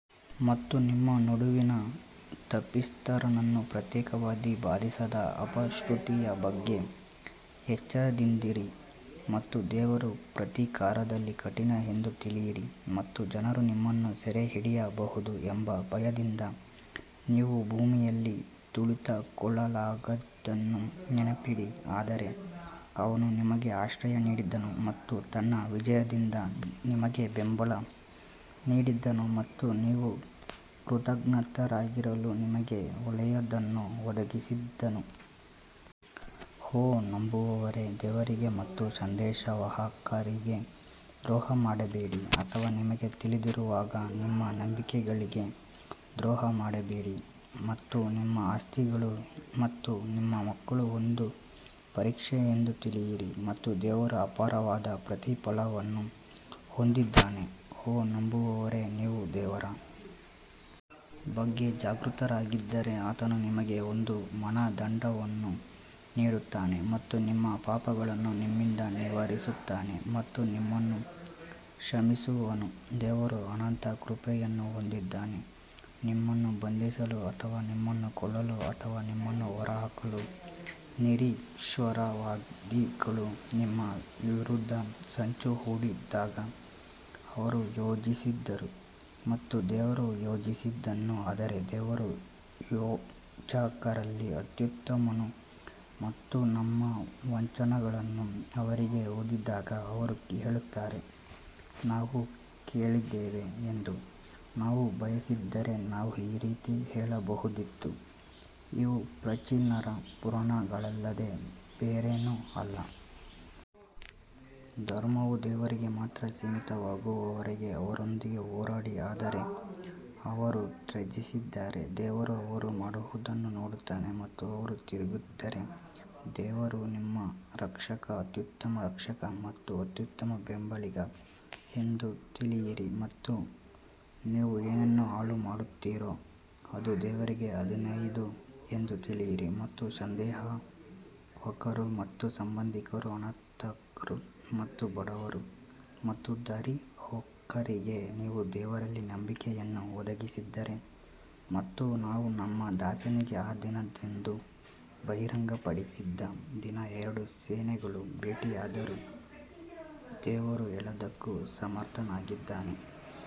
ಮತ್ತು ನಿಮ್ಮ ನಡುವಿನ ತಪ್ಪಿತಸ್ಥರನ್ನು ಪ್ರತ್ಯೇಕವಾಗಿ ಬಾಧಿಸದ ಅಪಶ್ರುತಿಯ ಬಗ್ಗೆ ಎಚ್ಚರದಿಂದಿರಿ ಮತ್ತು ದೇವರು ಪ್ರತೀಕಾರದಲ್ಲಿ ಕಠಿಣ ಎಂದು ತಿಳಿಯಿರಿ. ಮತ್ತು ಜನರು ನಿಮ್ಮನ್ನು ಸೆರೆಹಿಡಿಯಬಹುದು ಎಂಬ ಭಯದಿಂದ ನೀವು ಭೂಮಿಯಲ್ಲಿ ತುಳಿತಕ್ಕೊಳಗಾಗಿದ್ದನ್ನು ನೆನಪಿಡಿ ಆದರೆ ಅವನು ನಿಮಗೆ ಆಶ್ರಯ ನೀಡಿದನು ಮತ್ತು ತನ್ನ ವಿಜಯದಿಂದ ನಿಮಗೆ ಬೆಂಬಲ ನೀಡಿದನು ಮತ್ತು ನೀವು ಕೃತಜ್ಞರಾಗಿರಲು ನಿಮಗೆ ಒಳ್ಳೆಯದನ್ನು ಒದಗಿಸಿದನು. ಓ ನಂಬುವವರೇ, ದೇವರಿಗೆ ಮತ್ತು ಸಂದೇಶವಾಹಕರಿಗೆ ದ್ರೋಹ ಮಾಡಬೇಡಿ ಅಥವಾ ನಿಮಗೆ ತಿಳಿದಿರುವಾಗ ನಿಮ್ಮ ನಂಬಿಕೆಗಳಿಗೆ ದ್ರೋಹ ಮಾಡಬೇಡಿ ಮತ್ತು ನಿಮ್ಮ ಆಸ್ತಿಗಳು ಮತ್ತು ನಿಮ್ಮ ಮಕ್ಕಳು ಒಂದು ಪರೀಕ್ಷೆ ಎಂದು ತಿಳಿಯಿರಿ ಮತ್ತು ದೇವರು ಅಪಾರವಾದ ಪ್ರತಿಫಲವನ್ನು ಹೊಂದಿದ್ದಾನೆ ಓ ನಂಬುವವರೇ ನೀವು ದೇವರ ಬಗ್ಗೆ ಜಾಗೃತರಾಗಿದ್ದರೆ ಆತನು ನಿಮಗೆ ಒಂದು ಮಾನದಂಡವನ್ನು ನೀಡುತ್ತಾನೆ ಮತ್ತು ನಿಮ್ಮ ಪಾಪಗಳನ್ನು ನಿಮ್ಮಿಂದ ನಿವಾರಿಸುತ್ತಾನೆ ಮತ್ತು ನಿಮ್ಮನ್ನು ಕ್ಷಮಿಸುವನು ದೇವರು ಅನಂತ ಕೃಪೆಯನ್ನು ಹೊಂದಿದ್ದಾನೆ ನಿಮ್ಮನ್ನು ಬಂಧಿಸಲು ಅಥವಾ ನಿಮ್ಮನ್ನು ಕೊಲ್ಲಲು ಅಥವಾ ನಿಮ್ಮನ್ನು ಹೊರಹಾಕಲು ನಿರೀಶ್ವರವಾದಿಗಳು ನಿಮ್ಮ ವಿರುದ್ಧ ಸಂಚು ಹೂಡಿದಾಗ ಅವರು ಯೋಜಿಸಿದರು ಮತ್ತು ದೇವರು ಯೋಜಿಸಿದನು ಆದರೆ ದೇವರು ಯೋಜಕರಲ್ಲಿ ಅತ್ಯುತ್ತಮನು ಮತ್ತು ನಮ್ಮ ವಚನಗಳನ್ನು ಅವರಿಗೆ ಓದಿದಾಗ ಅವರು ಹೇಳುತ್ತಾರೆ, ನಾವು ಕೇಳಿದ್ದೇವೆ ಎಂದು ನಾವು ಬಯಸಿದ್ದರೆ ನಾವು ಈ ರೀತಿ ಹೇಳಬಹುದಿತ್ತು, ಇವು ಪ್ರಾಚೀನರ ಪುರಾಣಗಳಲ್ಲದೆ ಬೇರೇನೂ ಅಲ್ಲ. ಧರ್ಮವು ದೇವರಿಗೆ ಮಾತ್ರ ಸೀಮಿತವಾಗುವವರೆಗೆ ಅವರೊಂದಿಗೆ ಹೋರಾಡಿ ಆದರೆ ಅವರು ತ್ಯಜಿಸಿದರೆ ದೇವರು ಅವರು ಮಾಡುವುದನ್ನು ನೋಡುತ್ತಾನೆ ಮತ್ತು ಅವರು ತಿರುಗಿದರೆ ದೇವರು ನಿಮ್ಮ ರಕ್ಷಕ ಅತ್ಯುತ್ತಮ ರಕ್ಷಕ ಮತ್ತು ಅತ್ಯುತ್ತಮ ಬೆಂಬಲಿಗ ಎಂದು ತಿಳಿಯಿರಿ ಮತ್ತು ನೀವು ಏನನ್ನು ಹಾಳುಮಾಡುತ್ತೀರೋ ಅದು ದೇವರಿಗೆ ಐದನೆಯದು ಎಂದು ತಿಳಿಯಿರಿ ಮತ್ತು ಸಂದೇಶವಾಹಕರು ಮತ್ತು ಸಂಬಂಧಿಕರು, ಅನಾಥರು ಮತ್ತು ಬಡವರು ಮತ್ತು ದಾರಿಹೋಕರಿಗೆ ನೀವು ದೇವರಲ್ಲಿ ನಂಬಿಕೆಯನ್ನು ಒದಗಿಸಿದರೆ ಮತ್ತು ನಾವು ನಮ್ಮ ದಾಸನಿಗೆ ಆ ದಿನದಂದು ಬಹಿರಂಗಪಡಿಸಿದ ದಿನ ಎರಡು ಸೇನೆಗಳು ಭೇಟಿಯಾದರು ದೇವರು ಎಲ್ಲದಕ್ಕೂ ಸಮರ್ಥನಾಗಿದ್ದಾನೆ.